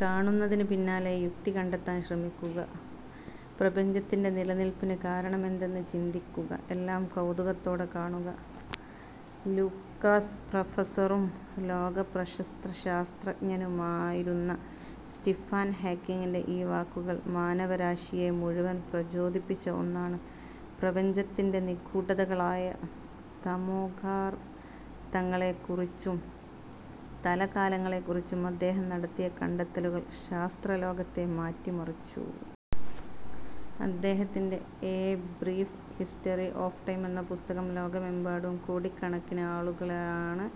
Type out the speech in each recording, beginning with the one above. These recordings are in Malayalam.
കാണുന്നതിന് പിന്നിലെ യുക്തി കണ്ടെത്താൻ ശ്രമിക്കുക, പ്രപഞ്ചത്തിന്റെ നിലനിൽപ്പിന് കാരണമെന്തെന്ന് ചിന്തിക്കുക. എല്ലാം കൗതുകത്തോടെ കാണുക... ' ലൂക്കാസ് പ്രഫസറും ലോകപ്രശസ്ത ശാസ്ത്രജ്ഞനുമായിരുന്ന സ്റ്റീഫൻ ഹോക്കിങ്ങിന്റെ ഈ വാക്കുകൾ മാനവരാശിയെ മുഴുവൻ പ്രചോദിപ്പിച്ച ഒന്നാണ്. പ്രപഞ്ചത്തിന്റെ നിഗൂഢതകളായ തമോഗർത്തങ്ങളെക്കുറിച്ചും, സ്ഥല-കാലങ്ങളെക്കുറിച്ചും അദ്ദേഹം നടത്തിയ കണ്ടെത്തലുകൾ ശാസ്ത്രലോകത്തെ മാറ്റിമറിച്ചു. അദ്ദേഹത്തിന്റെ 'a brief history of time' എന്ന പുസ്തകം ലോകമെമ്പാടും കോടിക്കണക്കിന് ആളുകളാണ്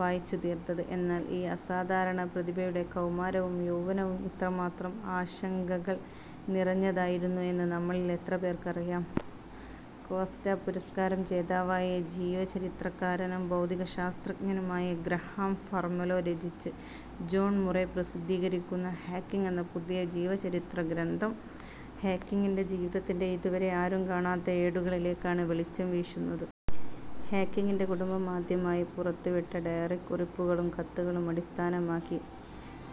വായിച്ചുതീർത്തത്. എന്നാൽ, ഈ അസാധാരണ പ്രതിഭയുടെ കൗമാരവും യൗവനവും ഇത്രമാത്രം ആശങ്കകൾ നിറഞ്ഞതായിരുന്നു എന്ന് നമ്മളിൽ എത്രപേർക്കറിയാം? കോസ്റ്റാ പുരസ്കാര ജേതാവായ ജീവചരിത്രകാരനും ഭൗതികശാസ്ത്രജ്ഞനുമായ ഗ്രഹാം ഫാർമെലോ രചിച്ച്, ജോൺ മുറെ പ്രസിദ്ധീകരിക്കുന്ന 'ഹോക്കിങ്' എന്ന പുതിയ ജീവചരിത്ര ഗ്രന്ഥം ഹോക്കിങ്ങിന്റെ ജീവിതത്തിന്റെ ഇതുവരെ ആരും കാണാത്ത ഏടുകളിലേക്കാണ് വെളിച്ചം വീശുന്നത്. ഹോക്കിങ്ങിന്റെ കുടുംബം ആദ്യമായി പുറത്തുവിട്ട ഡയറിക്കുറിപ്പുകളും കത്തുകളും അടിസ്ഥാനമാക്കി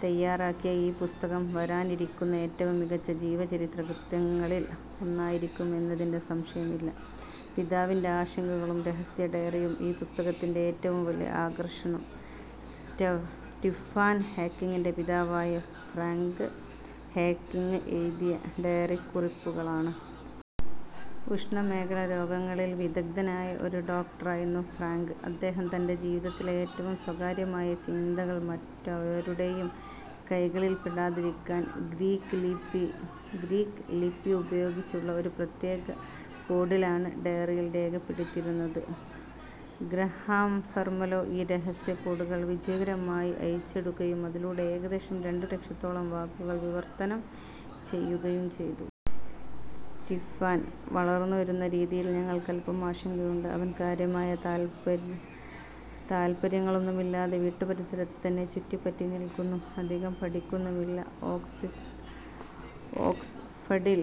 തയാറാക്കിയ ഈ പുസ്തകം, വരാനിരിക്കുന്ന ഏറ്റവും മികച്ച ജീവചരിത്ര കൃതികളിൽ ഒന്നായിരിക്കുമെന്നതിൽ സംശയമില്ല. ∙ പിതാവിന്റെ ആശങ്കകളും രഹസ്യ ഡയറിയും ഈ പുസ്തകത്തിന്റെ ഏറ്റവും വലിയ ആകർഷണം സ്റ്റീഫൻ ഹോക്കിങ്ങിന്റെ പിതാവായ ഫ്രാങ്ക് ഹോക്കിങ് എഴുതിയ ഡയറിക്കുറിപ്പുകളാണ്. ഉഷ്ണമേഖലാ രോഗങ്ങളിൽ വിദഗ്ധനായ ഒരു ഡോക്ടറായിരുന്നു ഫ്രാങ്ക്. അദ്ദേഹം തന്റെ ജീവിതത്തിലെ ഏറ്റവും സ്വകാര്യമായ ചിന്തകൾ മറ്റാരുടെയും കൈകളിൽപ്പെടാതിരിക്കാൻ 'ഗ്രീക്ക് ലിപി' ഉപയോഗിച്ചുള്ള ഒരു പ്രത്യേക കോഡിലാണ് ഡയറിയിൽ രേഖപ്പെടുത്തിയിരുന്നത്. ഗ്രഹാം ഫാർമെലോ ഈ രഹസ്യ കോഡുകൾ വിജയകരമായി അഴിച്ചെടുക്കുകയും, അതിലൂടെ ഏകദേശം രണ്ട് ലക്ഷത്തോളം വാക്കുകൾ വിവർത്തനം ചെയ്യുകയും ചെയ്തു. 'സ്റ്റീഫൻ വളർന്നു വരുന്ന രീതിയിൽ ഞങ്ങൾക്ക് അൽപം ആശങ്കയുണ്ട്. അവൻ കാര്യമായ താൽപര്യങ്ങളൊന്നുമില്ലാതെ വീട്ടുപരിസരത്ത് തന്നെ ചുറ്റിപ്പറ്റി നിൽക്കുന്നു, അധികം പഠിക്കുന്നുമില്ല... ' ഓക്സ്ഫഡിൽ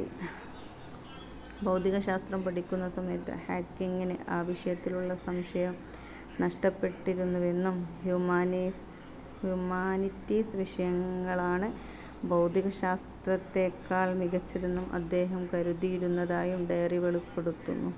ഭൗതികശാസ്ത്രം പഠിക്കുന്ന സമയത്ത് ഹോക്കിങ്ങിന് ആ വിഷയത്തിലുള്ള വിശ്വാസം നഷ്ടപ്പെട്ടിരുന്നുവെന്നും, ഹ്യൂമാനിറ്റീസ് വിഷയങ്ങളാണ് ഭൗതികശാസ്ത്രത്തേക്കാൾ മികച്ചതെന്ന് അദ്ദേഹം കരുതിയിരുന്നതായും ഡയറി വെളിപ്പെടുത്തുന്നു.